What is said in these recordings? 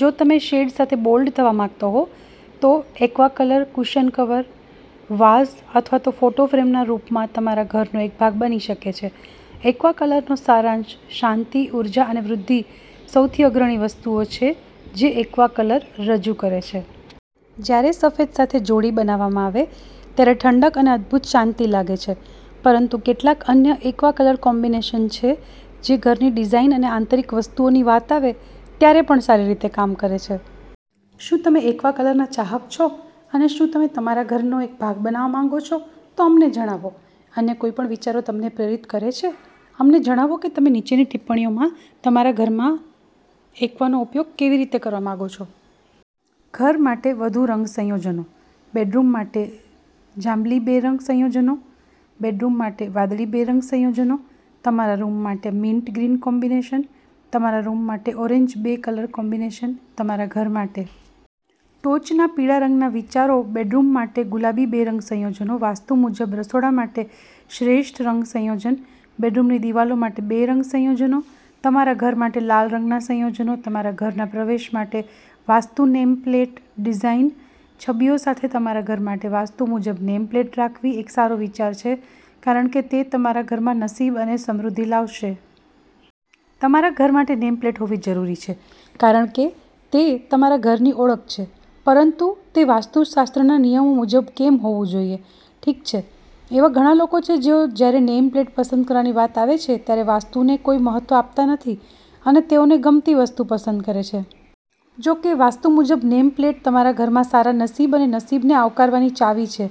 જો તમે શેડ સાથે બોલ્ડ થવા માંગતા હોવ તો aqua colour cushion cover, vase અથવા તો ફોટો ફ્રેમના રૂપમાં તમારા ઘરનો એક ભાગ બની શકે છે. એક્વા કલરનો સારાંશ શાંતિ, ઉર્જા અને વૃદ્ધિસૌથી અગ્રણી વસ્તુઓ છે જે એક્વા કલર રજૂ કરે છે. જ્યારે સફેદ સાથે જોડી બનાવવામાં આવે ત્યારે ઠંડક અને અદ્ભુત શાંતિ લાગે છે, પરંતુ કેટલાક અન્ય એક્વા કલર કોમ્બિનેશન છે જે ઘરની ડિઝાઇન અને આંતરિક વસ્તુઓની વાત આવે ત્યારે પણ સારી રીતે કામ કરે છે. શું તમે એક્વા કલરના ચાહક છો અને શું તમે તેને તમારા ઘરનો એક ભાગ બનાવવા માંગો છો? તો અમને જણાવો. અન્ય કોઈપણ વિચારો તમને પ્રેરિત કરે છે? અમને જણાવો કે તમે નીચેની ટિપ્પણીઓમાં તમારા ઘરમાં એક્વાનો ઉપયોગ કેવી રીતે કરવા માંગો છો. ઘર માટે વધુ રંગ સંયોજનો બેડરૂમ માટે જાંબલી બે રંગ સંયોજનો બેડરૂમ માટે વાદળી બે રંગ સંયોજનો તમારા રૂમ માટે મિન્ટ ગ્રીન કોમ્બિનેશન તમારા રૂમ માટે ઓરેન્જ બે કલર કોમ્બિનેશન તમારા ઘર માટે ટોચના પીળા રંગના વિચારો બેડરૂમ માટે ગુલાબી બે રંગ સંયોજનો વાસ્તુ મુજબ રસોડા માટે શ્રેષ્ઠ રંગ સંયોજન બેડરૂમની દિવાલો માટે બે રંગ સંયોજનો તમારા ઘર માટે લાલ રંગના સંયોજનો તમારા ઘરના પ્રવેશ માટે વાસ્તુ નેમ પ્લેટ ડિઝાઇનછબીઓ સાથે તમારા ઘર માટે વાસ્તુ મુજબ નેમ પ્લેટ રાખવીએક સારો વિચાર છે કારણ કે તે તમારા ઘરમાં નસીબ અને સમૃદ્ધિ લાવશે. તમારા ઘર માટે નેમ પ્લેટ હોવી જરૂરી છે કારણ કે તે તમારા ઘરની ઓળખ છે. પરંતુ તે વાસ્તુશાસ્ત્રના નિયમો મુજબ કેમ હોવું જોઈએ? ઠીક છે, એવા ઘણા લોકો છે જેઓ જ્યારે નેમ પ્લેટ પસંદ કરવાની વાત આવે છે ત્યારે વાસ્તુને કોઈ મહત્વ આપતા નથી અને તેઓને ગમતી વસ્તુ પસંદ કરે છે. જો કે, વાસ્તુ મુજબ નેમ પ્લેટ તમારા ઘરમાં સારા નસીબ અને નસીબને આવકારવાની ચાવી છે.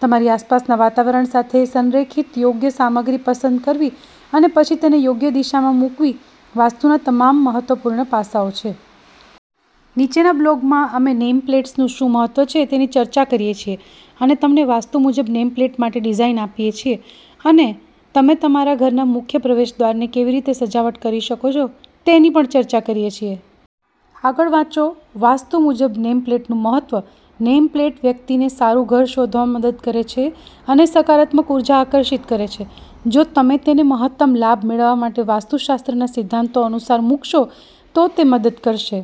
તમારી આસપાસના વાતાવરણ સાથે સંરેખિત યોગ્ય સામગ્રી પસંદ કરવી અને પછી તેને યોગ્ય દિશામાં મૂકવી વાસ્તુના તમામ મહત્વપૂર્ણ પાસાઓ છે. નીચેના બ્લોગમાં, અમે નેમ પ્લેટ્સનું શું મહત્વ છે તેની ચર્ચા કરીએ છીએ, અને તમને વાસ્તુ મુજબ નેમ પ્લેટ માટે ડિઝાઇન આપીએ છીએ, અને તમે તમારા ઘરના મુખ્ય પ્રવેશદ્વારને કેવી રીતે સજાવટ કરી શકો છો તેની પણ ચર્ચા કરીએ છીએ. આગળ વાંચો વાસ્તુ મુજબ નેમ પ્લેટનું મહત્વ નેમપ્લેટ વ્યક્તિને સારુ ઘર શોધવામાં મદદ કરે છે અને સકારાત્મક ઊર્જા આકર્ષિત કરે છે. જો તમે તેને મહત્તમ લાભ મેળવવા માટે વાસ્તુશાસ્ત્રના સિદ્ધાંતો અનુસાર મુકશો તો તે મદદ કરશે.